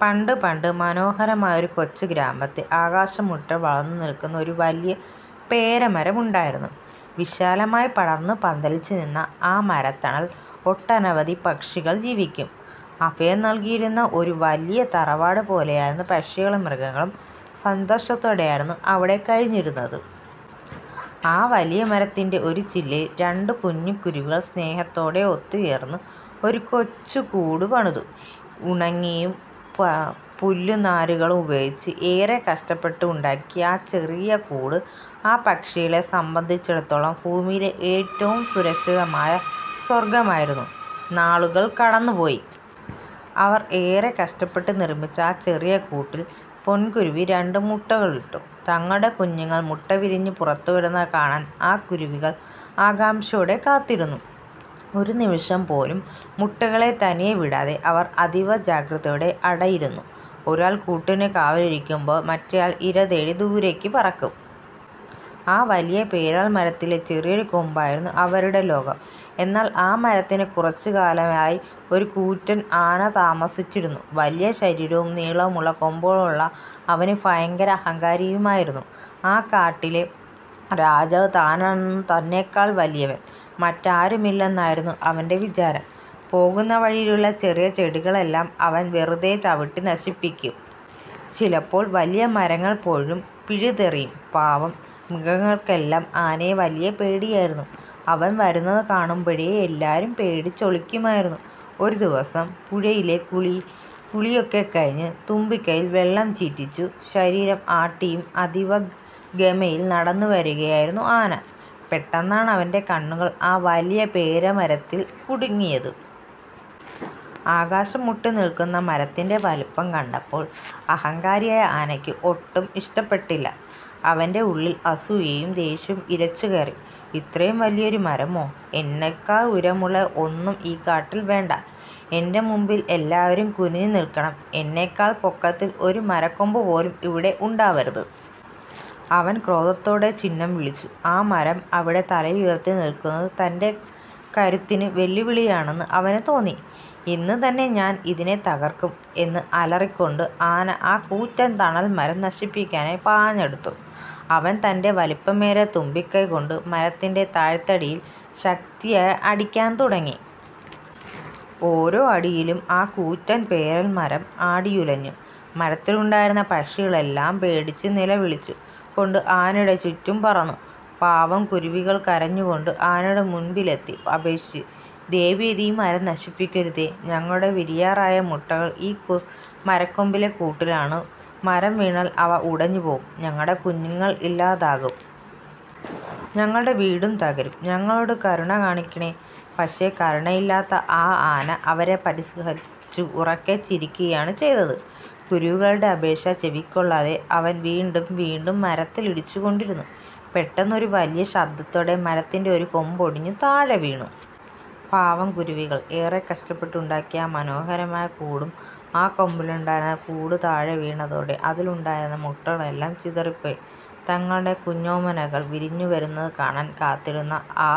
പണ്ട് പണ്ട് മനോഹരമായ ഒരു കൊച്ചു ഗ്രാമത്തിൽ, ആകാശമുട്ടേ വളർന്നു നിൽക്കുന്ന ഒരു വലിയ പേരാൽമരം ഉണ്ടായിരുന്നു. വിശാലമായി പടർന്നു പന്തലിച്ചു നിന്ന ആ മരത്തണൽ ഒട്ടനവധി പക്ഷികൾക്കും ജീവികൾക്കും അഭയം നൽകിയിരുന്ന ഒരു വലിയ തറവാട് പോലെയായിരുന്നു. പക്ഷികളും മൃഗങ്ങളും സന്തോഷത്തോടെയായിരുന്നു അവിടെ കഴിഞ്ഞിരുന്നത്. ആ വലിയ മരത്തിന്റെ ഒരു ചില്ലയിൽ, രണ്ട് കുഞ്ഞു കുരുവികൾ സ്നേഹത്തോടെ ഒത്തുചേർന്ന് ഒരു കൊച്ചു കൂട് പണിതു. ഉണങ്ങിയ പുല്ലും നാരുകളും ഉപയോഗിച്ച് ഏറെ കഷ്ടപ്പെട്ട് ഉണ്ടാക്കിയ ആ ചെറിയ കൂട് ആ പക്ഷികളെ സംബന്ധിച്ചിടത്തോളം ഭൂമിയിലെ ഏറ്റവും സുരക്ഷിതമായ സ്വർഗമായിരുന്നു. നാളുകൾ കടന്നുപോയി. അവർ ഏറെ കഷ്ടപ്പെട്ട് നിർമ്മിച്ച ആ ചെറിയ കൂട്ടിൽ പെൺകുരുവി രണ്ടു മുട്ടകളിട്ടു. തങ്ങളുടെ കുഞ്ഞുങ്ങൾ മുട്ട വിരിഞ്ഞു പുറത്തുവരുന്നത് കാണാൻ ആ കുരുവികൾ ആകാംക്ഷയോടെ കാത്തിരുന്നു. ഒരു നിമിഷം പോലും മുട്ടകളെ തനിയെ വിടാതെ അവർ അതീവ ജാഗ്രതയോടെ അടയിരുന്നു. ഒരാൾ കൂട്ടിന് കാവലിരിക്കുമ്പോൾ, മറ്റേയാൾ ഇര തേടി ദൂരേക്ക് പറക്കും. ആ വലിയ പേരാൽമരത്തിലെ ചെറിയൊരു കൊമ്പായിരുന്നു അവരുടെ ലോകം. എന്നാൽ, ആ മരത്തിന് കുറച്ചകലെയായി ഒരു കൂറ്റൻ ആന താമസിച്ചിരുന്നു. വലിയ ശരീരവും നീളമുള്ള കൊമ്പുകളുമുള്ള അവന് ഭയങ്കര അഹങ്കാരമായിരുന്നു. ഈ കാട്ടിലെ രാജാവ് താനാണെന്നും തന്നെക്കാൾ വലിയവൻ മറ്റാരുമില്ലെന്നുമായിരുന്നു അവന്റെ വിചാരം. പോകുന്ന വഴിയിലുള്ള ചെറിയ ചെടികളെല്ലാം അവൻ വെറുതെ ചവിട്ടി നശിപ്പിക്കും. ചിലപ്പോൾ വലിയ മരങ്ങൾ പോലും പിഴുതെറിയും. പാവം മൃഗങ്ങൾക്കെല്ലാം ആനയെ വലിയ പേടിയായിരുന്നു. അവൻ വരുന്നതു കാണുമ്പോഴേ എല്ലാവരും പേടിച്ച് ഒളിക്കുമായിരുന്നു. ഒരു ദിവസം പുഴയിലെ കുളിയൊക്കെ കഴിഞ്ഞ്, തുമ്പിക്കൈയിൽ വെള്ളം ചീറ്റിച്ചും ശരീരം ആട്ടിയും അതീവ ഗമയിൽ നടന്നു വരികയായിരുന്നു ആന. പെട്ടെന്നാണ് അവന്റെ കണ്ണുകൾ ആ വലിയ പേരാൽമരത്തിൽ ഉടക്കിയത്. ആകാശം മുട്ടി നിൽക്കുന്ന മരത്തിന്റെ വലിപ്പം കണ്ടപ്പോൾ അഹങ്കാരിയായ ആനയ്ക്ക് ഒട്ടും ഇഷ്ടപ്പെട്ടില്ല. അവന്റെ ഉള്ളിൽ അസൂയയും ദേഷ്യവും ഇരച്ചു കയറി. ഇത്രയും വലിയൊരു മരമോ? എന്നെക്കാൾ ഉയരമുള്ള ഒന്നും ഈ കാട്ടിൽ വേണ്ട! എന്റെ മുൻപിൽ എല്ലാവരും കുനിഞ്ഞു നിൽക്കണം. എന്നെക്കാൾ പൊക്കത്തിൽ ഒരു മരക്കൊമ്പുപോലും ഇവിടെ ഉണ്ടാവരുത്! " അവൻ ക്രോധത്തോടെ ചിന്നംവിളിച്ചു. ആ മരം അവിടെ തലയുയർത്തി നിൽക്കുന്നത് തന്റെ കരുത്തിന് വെല്ലുവിളിയാണെന്ന് അവന് തോന്നി. "ഇന്ന് തന്നെ ഞാൻ ഇതിനെ തകർക്കും! " എന്ന് അലറിക്കൊണ്ട്, ആന ആ കൂറ്റൻ തണൽമരം നശിപ്പിക്കാനായി പാഞ്ഞടുത്തു. അവൻ തന്റെ വലിപ്പമേറിയ തുമ്പിക്കൈ കൊണ്ട് മരത്തിന്റെ തായ്ത്തടിയിൽ ശക്തിയായി അടിക്കാൻ തുടങ്ങി. ഓരോ അടിയിലും ആ കൂറ്റൻ പേരാൽമരം ആടിയുലഞ്ഞു. മരത്തിലുണ്ടായിരുന്ന പക്ഷികളെല്ലാം പേടിച്ച് നിലവിളിച്ചു കൊണ്ട് ആനയുടെ ചുറ്റും പറന്നു. പാവം കുരുവികൾ കരഞ്ഞു കൊണ്ട് ആനയുടെ മുൻപിലെത്തി അപേക്ഷിച്ചു: "ദയവുചെയ്ത് ഈ മരം നശിപ്പിക്കരുതേ! ഞങ്ങളുടെ വിരിയാറായ മുട്ടകൾ ഈ മരക്കൊമ്പിലെ കൂട്ടിലുണ്ട്. മരം വീണാൽ അവ ഉടഞ്ഞുപോകും, ഞങ്ങളുടെ കുഞ്ഞുങ്ങൾ ഇല്ലാതാകും. ഞങ്ങളുടെ വീടും തകരും. ഞങ്ങളോട് കരുണ കാണിക്കണേ. " പക്ഷേ, കരുണയില്ലാത്ത ആ ആന അവരെ പരിഹസിച്ച് ഉറക്കെ ചിരിക്കുകയാണ് ചെയ്തത്. കുരുവികളുടെ അപേക്ഷ ചെവിക്കൊള്ളാതെ അവൻ വീണ്ടും വീണ്ടും മരത്തിൽ ഇടിച്ചു കൊണ്ടിരുന്നു. പെട്ടെന്ന്, ഒരു വലിയ ശബ്ദത്തോടെ മരത്തിന്റെ ഒരു കൊമ്പ് ഒടിഞ്ഞു താഴെ വീണു. പാവം കുരുവികൾ ഏറെ കഷ്ടപ്പെട്ട് ഉണ്ടാക്കിയ ആ മനോഹരമായ കൂടും ആ കൊമ്പിലുണ്ടായിരുന്നു. കൂട് താഴെ വീണതോടെ അതിലുണ്ടായിരുന്ന മുട്ടകളെല്ലാം ചിതറിപ്പോയി. തങ്ങളുടെ കുഞ്ഞോമനകൾ വിരിഞ്ഞുവരുന്നത് കാണാൻ കാത്തിരുന്ന ആ